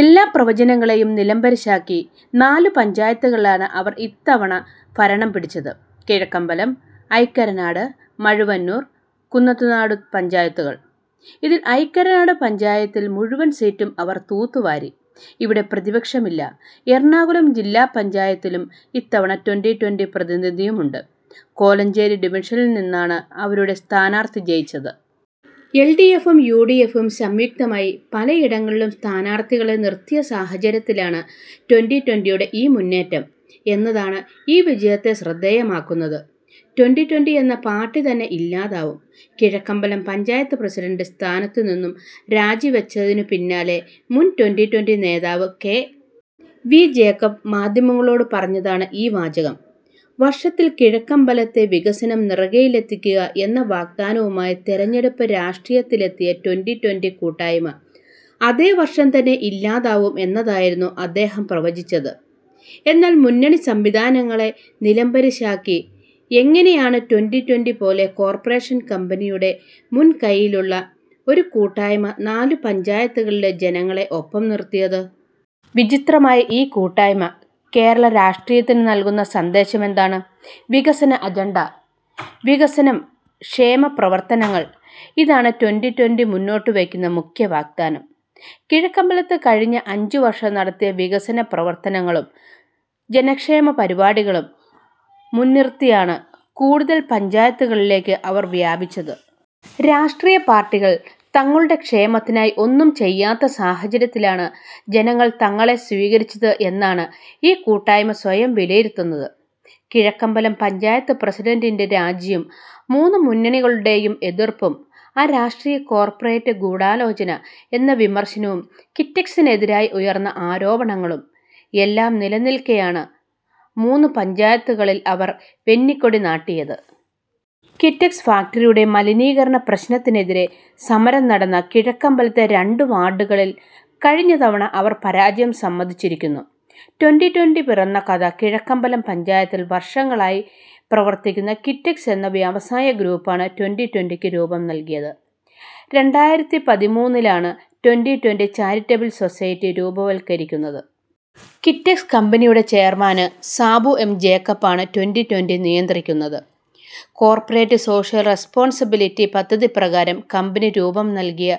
എല്ലാ പ്രവചനങ്ങളെയും നിലംപരിശാക്കി, നാലു പഞ്ചായത്തുകളിലാണ് അവര്‍ ഇത്തവണ ഭരണം പിടിച്ചത്. കിഴക്കമ്പലം, ഐക്കരനാട്, മഴുവന്നൂര്‍, കുന്നത്തുനാട പഞ്ചായത്തുകള്‍. ഇതില്‍ ഐക്കരനാട് പഞ്ചായത്തില്‍ മുഴുവന്‍ സീറ്റും അവര്‍ തൂത്തു വാരി. ഇവിടെ പ്രതിപക്ഷമില്ല. എറണാകുളം ജില്ലാ പഞ്ചായത്തിലും ഇത്തവണ ട്വന്റി ട്വന്റി പ്രതിനിധിയുണ്ട്. കോലഞ്ചേരി ഡിവിഷനില്നിന്നാണ് അവരുടെ സ്ഥാനാര്‍ത്ഥി ജയിച്ചത്. എല് ഡി എഫും യു ഡി എഫും സംയുക്തമായി പലയിടങ്ങളിലും സ്ഥാനാര്‍ത്ഥികളെ നിര്‍ത്തിയ സാഹചര്യത്തിലാണ് ട്വന്റി ട്വന്റി യുടെ ഈ മുന്നേറ്റം എന്നതാണ് ഈ വിജയത്തെ ശ്രദ്ധേയമാക്കുന്നത്. ട്വന്റി ട്വന്റി എന്ന പാര്‍ട്ടി തന്നെ ഇല്ലാതാവും''കിഴക്കമ്പലം പഞ്ചായത്ത് പ്രസിഡന്‍റ് സ്ഥാനത്ത് നിന്നും രാജിവെച്ചതിനു പിന്നാലെ മുന്‍ ട്വന്റി ട്വന്റി നേതാവ് കെ. വി ജേക്കബ് മാധ്യമങ്ങളോട് പറഞ്ഞതാണ് ഈ വാചകം. വര്‍ഷത്തില്‍ കിഴക്കമ്പലത്തെ വികസന നെറുകയിലെത്തിക്കുക എന്ന വാഗ്ദാനവുമായി തെരഞ്ഞെടുപ്പ് രാഷ്ട്രീയത്തിലെത്തിയ ട്വന്റി ട്വന്റി കൂട്ടായ്മ അതേ വര്‍ഷം തന്നെ ഇല്ലാതാവും എന്നായിരുന്നു അദ്ദേഹം പ്രവചിച്ചത്. എന്നാല്‍. മുന്നണി സംവിധാനങ്ങളെ നിലംപരിശാക്കി എങ്ങനെയാണ് ട്വന്റി ട്വന്റി പോലെ കോർപ്പറേഷൻ കമ്പനിയുടെ മുൻ കൈയിലുള്ള ഒരു കൂട്ടായ്മ നാലു പഞ്ചായത്തുകളിലെ ജനങ്ങളെ ഒപ്പം നിര്‍ത്തിയത്? വിചിത്രമായ ഈ കൂട്ടായ്മ കേരള രാഷ്ട്രീയത്തിന് നല്കുന്ന സന്ദേശം എന്താണ്? വികസന അജണ്ട വികസനം, ക്ഷേമപ്രവർത്തനങ്ങൾ. ഇതാണ് ട്വന്റി ട്വന്റി മുന്നോട്ടുവെയ്ക്കുന്ന മുഖ്യ വാഗ്ദാനം. കിഴക്കമ്പലത്ത് കഴിഞ്ഞ അഞ്ച് വര്‍ഷം നടത്തിയ വികസന പ്രവര്‍ത്തനങ്ങളും ജനക്ഷേമ പരിപാടികളും മുന്നിര്‍ത്തിയാണ് കൂടുതല്‍ പഞ്ചായത്തുകളിലേക്ക് അവര്‍ വ്യാപിച്ചത്. രാഷ്ട്രീയ പാര്‍ട്ടികള്‍ തങ്ങളുടെ ക്ഷേമത്തിനായി ഒന്നും ചെയ്യാത്ത സാഹചര്യത്തിലാണ് ജനങ്ങള്‍ തങ്ങളെ സ്വീകരിച്ചത് എന്നാണ് ഈ കൂട്ടായ്മ സ്വയം വിലയിരുത്തുന്നത്. കിഴക്കമ്പലം പഞ്ചായത്ത് പ്രസിഡന്‍റിന്‍റെ രാജിയും മൂന്ന് മുന്നണികളുടെയും എതിര്‍പ്പും ആ രാഷ്ട്രീയ കോര്‍പ്പറേറ്റ് ഗൂഢാലോചന എന്ന വിമര്‍ശനവും കിറ്റെക്സിനെതിരായി ഉയര്‍ന്ന ആരോപണങ്ങളും എല്ലാം നിലനില്‍ക്കെയാണ് മൂന്ന് പഞ്ചായത്തുകളില്‍ അവര്‍ വെന്നിക്കൊടി നാട്ടിയത്. കിറ്റക്സ് ഫാക്റിയുടെ മലിനീകരണ പ്രശ്നത്തിനെതിരെ സമരം നടന്ന കിഴക്കമ്പലത്തെ രണ്ട് വാര്‍ഡുകളില്‍ കഴിഞ്ഞ തവണ അവര്‍ പരാജയം സമ്മതിച്ചിരുന്നു. ട്വന്റി ട്വന്റി പിറന്ന കഥ കിഴക്കമ്പലം പഞ്ചായത്തില്‍ വര്‍ഷങ്ങളായി പ്രവര്‍ത്തിക്കുന്ന കിറ്റക്സ് എന്ന വ്യവസായ ഗ്രൂപ്പാണ് ട്വന്റി ട്വന്റിക്ക് രൂപം നല്കിയത്. രണ്ടായിരത്തി പതിമൂന്നിലാണ് ട്വന്റി ട്വന്റി ചാരിറ്റബിള്‍ സൊസൈറ്റി രൂപവത്കരിക്കുന്നത്. കിറ്റക്സ് കമ്പനിയുടെ ചെയര്‍മാന് സാബു എം ജേക്കബ് ആണ് ട്വന്റി ട്വന്റി നിയന്ത്രിക്കുന്നത്. കോർപ്പറേറ്റ് സോഷ്യല്‍ റെസ്പോൺസിബിലിറ്റി പദ്ധതി പ്രകാരം കമ്പനി രൂപം നല്കിയ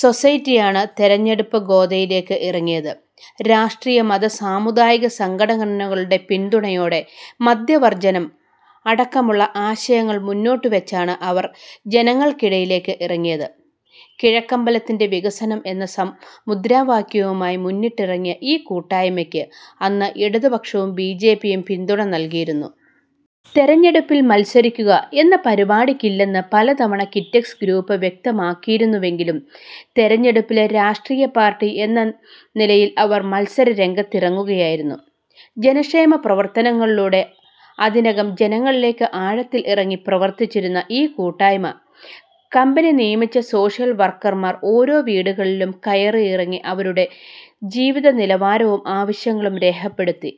സൊസൈറ്റിയാണ് തെരഞ്ഞെടുപ്പ് ഗോദയിലേക്ക് ഇറങ്ങിയത്. രാഷ്ട്രീയ-മത-സാമുദായിക സംഘടനങ്ങളുടെ പിന്തുണയോടെ മദ്യവർജ്ജനം അടക്കമുള്ള ആശയങ്ങള്‍ മുന്നോട്ടുവെച്ചാണ് അവര്‍ ജനങ്ങൾക്കിടയിലേക്ക് ഇറങ്ങിയത്. കിഴക്കമ്പലത്തിന്റെ വികസനം എന്ന സാം മുദ്രാവാക്യവുമായി മുന്നിട്ടിറങ്ങിയ ഈ കൂട്ടായ്മക്ക് അന്ന് ഇടതുപക്ഷവും ബിജെപിയും പിന്തുണ നല്കിയിരുന്നു. തെരഞ്ഞെടുപ്പില്‍ മത്സരിക്കുക എന്ന പരിപാടിക്കില്ലെന്ന് പലതവണയായി കിറ്റക്സ് ഗ്രൂപ്പ് വ്യക്തമാക്കിയിരുന്നുവെങ്കിലും തെരഞ്ഞെടുപ്പില് രാഷ്ട്രീയ പാര്‍ട്ടി എന്ന നിലയില്‍ അവര്‍ മത്സര രംഗത്തിറങ്ങുകയായിരുന്നു. ജനക്ഷേമ പ്രവര്‍ത്തനങ്ങളിലൂടെ അതിനകം ജനങ്ങളിലേക്ക് ആഴത്തില്‍ ഇറങ്ങി പ്രവര്‍ത്തിച്ചിരുന്നു ഈ കൂട്ടായ്മ. കമ്പനി നിയമിച്ച സോഷ്യല്‍ വർക്കർമാർ ഓരോ വീടുകളും കയറിയിറങ്ങി അവരുടെ ജീവിതനിലവാരവും ആവശ്യങ്ങളും രേഖപ്പെടുത്തി.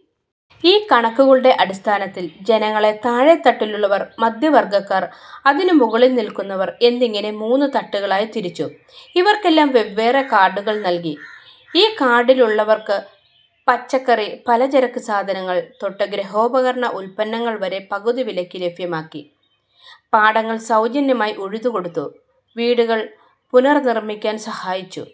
ഈ കണക്കുകളുടെ അടിസ്ഥാനത്തില്‍ ജനങ്ങളെ താഴെ തട്ടിലുള്ളവർ, മധ്യവർഗക്കാർ, അതിനും മുകളില്‍ നില്‍ക്കുന്നവര്‍ എന്നിങ്ങനെ മൂന്നു തട്ടുകളായി തിരിച്ചു. ഇവർക്കെല്ലാം വെവ്വേറെ കാര്‍ഡുകള്‍ നല്‍കി. ഈ കാർഡുഉള്ളവര്‍ക്ക് പച്ചക്കറി-പലചരക്ക് സാധനങ്ങള്‍ തൊട്ട് ഗൃഹോപകരണ ഉത്പന്നങ്ങള്‍ വരെ പകുതി വിലയ്ക്കു ലഭ്യമാക്കി. പാടങ്ങള്‍ സൗജന്യമായി ഉഴുതു കൊടുത്തു. വീടുകള്‍ പുനർനിര്‍മിക്കാന്‍ സഹായിച്ചു.